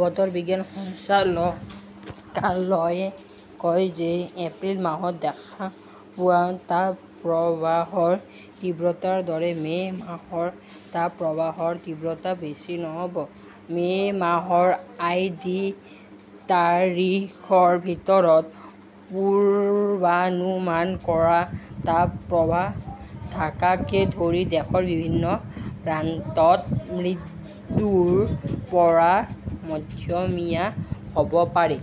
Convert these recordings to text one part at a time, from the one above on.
বতৰ বিজ্ঞান সঞ্চালকালয়ই কয় যে এপ্ৰিল মাহত দেখা পোৱা তাপপ্ৰবাহৰ তীব্ৰতাৰ দৰে মে' মাহৰ তাপপ্ৰবাহৰ তীব্ৰতা বেছি নহ'ব। মে' মাহৰ আই. ডি. তাৰিখৰ ভিতৰত পূৰ্বানুমান কৰা তাপপ্ৰবাহ ঢাকাকে ধৰি দেশৰ বিভিন্ন প্ৰান্তত মৃদুৰ পৰা মধ্যমীয়া হ'ব পাৰে।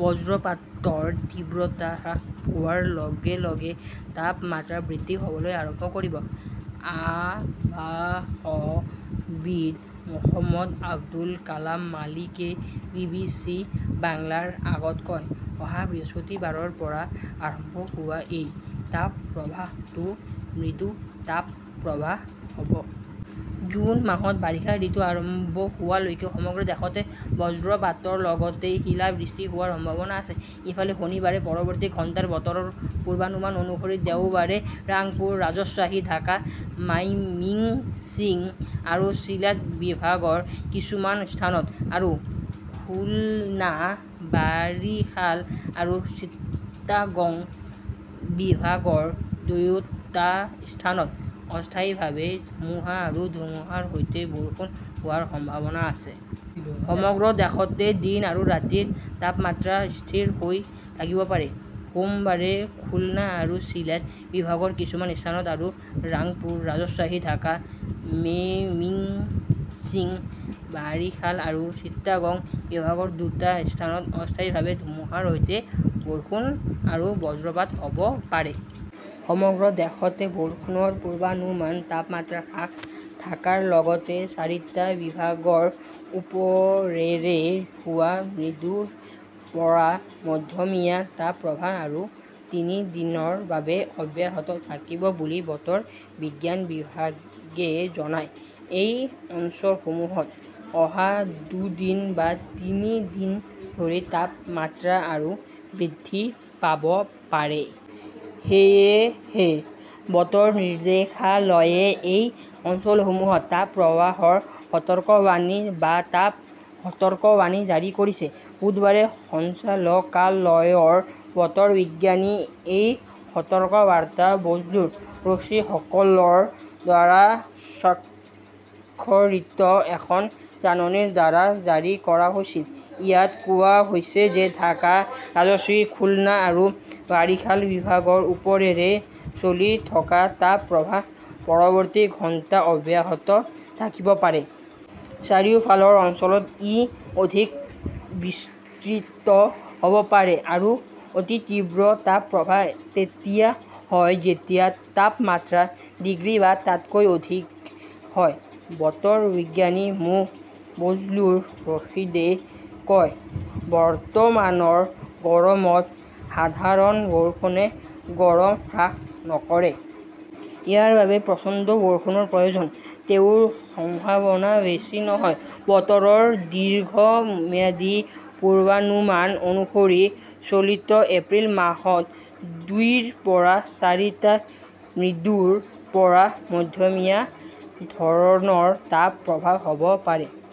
''বজ্ৰপাতৰ তীব্ৰতা হ্ৰাস পোৱাৰ লগে লগে তাপমাত্ৰা বৃদ্ধি হ'বলৈ আৰম্ভ কৰিব ", আৱাহবিদ মহম্মদ আবুল কালাম মালিকে বি. বি. চি. বাংলাৰ আগত কয়। অহা বৃহস্পতিবাৰৰ পৰা আৰম্ভ হোৱা এই তাপপ্ৰবাহটো মৃদু তাপপ্ৰবাহ হ'ব।। জুন মাহত বাৰিষা ঋতু আৰম্ভ হোৱালৈকে সমগ্ৰ দেশতে বজ্ৰপাতৰ লগতে শিলাবৃষ্টি হোৱাৰ সম্ভাৱনা আছে। ইফালে, শনিবাৰে পৰৱৰ্তী ঘণ্টাৰ বতৰৰ পূৰ্বানুমান অনুসৰি, দেওবাৰে ৰাংপুৰ, ৰাজশ্বাহী ঢাকা, মাইমিংছিং আৰু চিলেট বিভাগৰ কিছুমান স্থানত আৰু খুলনা, বাৰিছাল আৰু চিটাগং বিভাগৰ দুয়োটা স্থানত অস্থায়ীভাৱে ধুমুহা আৰু ধুমুহাৰ সৈতে বৰষুণ হোৱাৰ সম্ভাৱনা আছে। সমগ্ৰ দেশতে দিন আৰু ৰাতিৰ তাপমাত্ৰা স্থিৰ হৈ থাকিব পাৰে। সোমবাৰে খুলনা আৰু চিলেট বিভাগৰ কিছুমান স্থানত আৰু ৰাংপুৰ, ৰাজশ্বাহী, ঢাকা, মেমিন্সিং, বাৰিছাল আৰু চিটাগং বিভাগৰ দুটা স্থানত অস্থায়ীভাৱে ধুমুহাৰ সৈতে বৰষুণ আৰু বজ্ৰপাত হ 'ব পাৰে। সমগ্ৰ দেশতে বৰষুণৰ পূৰ্বানুমান, তাপমাত্ৰা হ্ৰাস ঢাকাৰ লগতে চাৰিটা বিভাগৰ ওপৰেৰে হোৱা মৃদুৰ পৰা মধ্যমীয়া তাপপ্ৰবাহ আৰু তিনি দিনৰ বাবে অব্যাহত থাকিব বুলি বতৰ বিজ্ঞান বিভাগে জনায়। এই অঞ্চলসমূহত অহা দুদিন বা তিনি দিন ধৰি তাপমাত্ৰা আৰু বৃদ্ধি পাব পাৰে। সেয়েহে বতৰ নিৰ্দেশালয়ে এই অঞ্চলসমূহত তাপপ্ৰবাহৰ সতৰ্কবাণী বা তাপ সতৰ্কবাণী জাৰি কৰিছে। বুধবাৰে সঞ্চালকালয়ৰ বতৰ বিজ্ঞানী এই সতৰ্কবাৰ্তা বজলুৰ ৰছীসকলৰ দ্বাৰা স্বাক্ষৰিত এখন জাননীৰ দ্বাৰা জাৰি কৰা হৈছিল। ইয়াত কোৱা হৈছে যে ঢাকা, ৰাজশ্বাহী, খুলনা আৰু বাৰিছাল বিভাগৰ ওপৰেৰে চলি থকা তাপপ্ৰবাহ পৰৱৰ্তী ঘণ্টা অব্যাহত থাকিব পাৰে। চাৰিওফালৰ অঞ্চলত ই অধিক বিস্তৃত হ'ব পাৰে। আৰু অতি তীব্ৰ তাপপ্ৰবাহ তেতিয়া হয় যেতিয়া তাপমাত্ৰা ডিগ্ৰী বা তাতকৈ অধিক হয়। বতৰ বিজ্ঞানী মো. বজলুৰ ৰছিদে কয়, বৰ্তমানৰ গৰমত সাধাৰণ বৰষুণে গৰম হ্ৰাস নকৰে। ইয়াৰ বাবে প্ৰচণ্ড বৰষুণৰ প্ৰয়োজন। তেওঁৰ সম্ভাৱনা বেছি নহয়। বতৰৰ দীৰ্ঘম্যাদী পূৰ্বানুমান অনুসৰি চলিত এপ্ৰিল মাহত দুইৰ পৰা চাৰিটা মৃদুৰ পৰা মধ্যমীয়া ধৰণৰ তাপপ্ৰবাহ হ'ব পাৰে।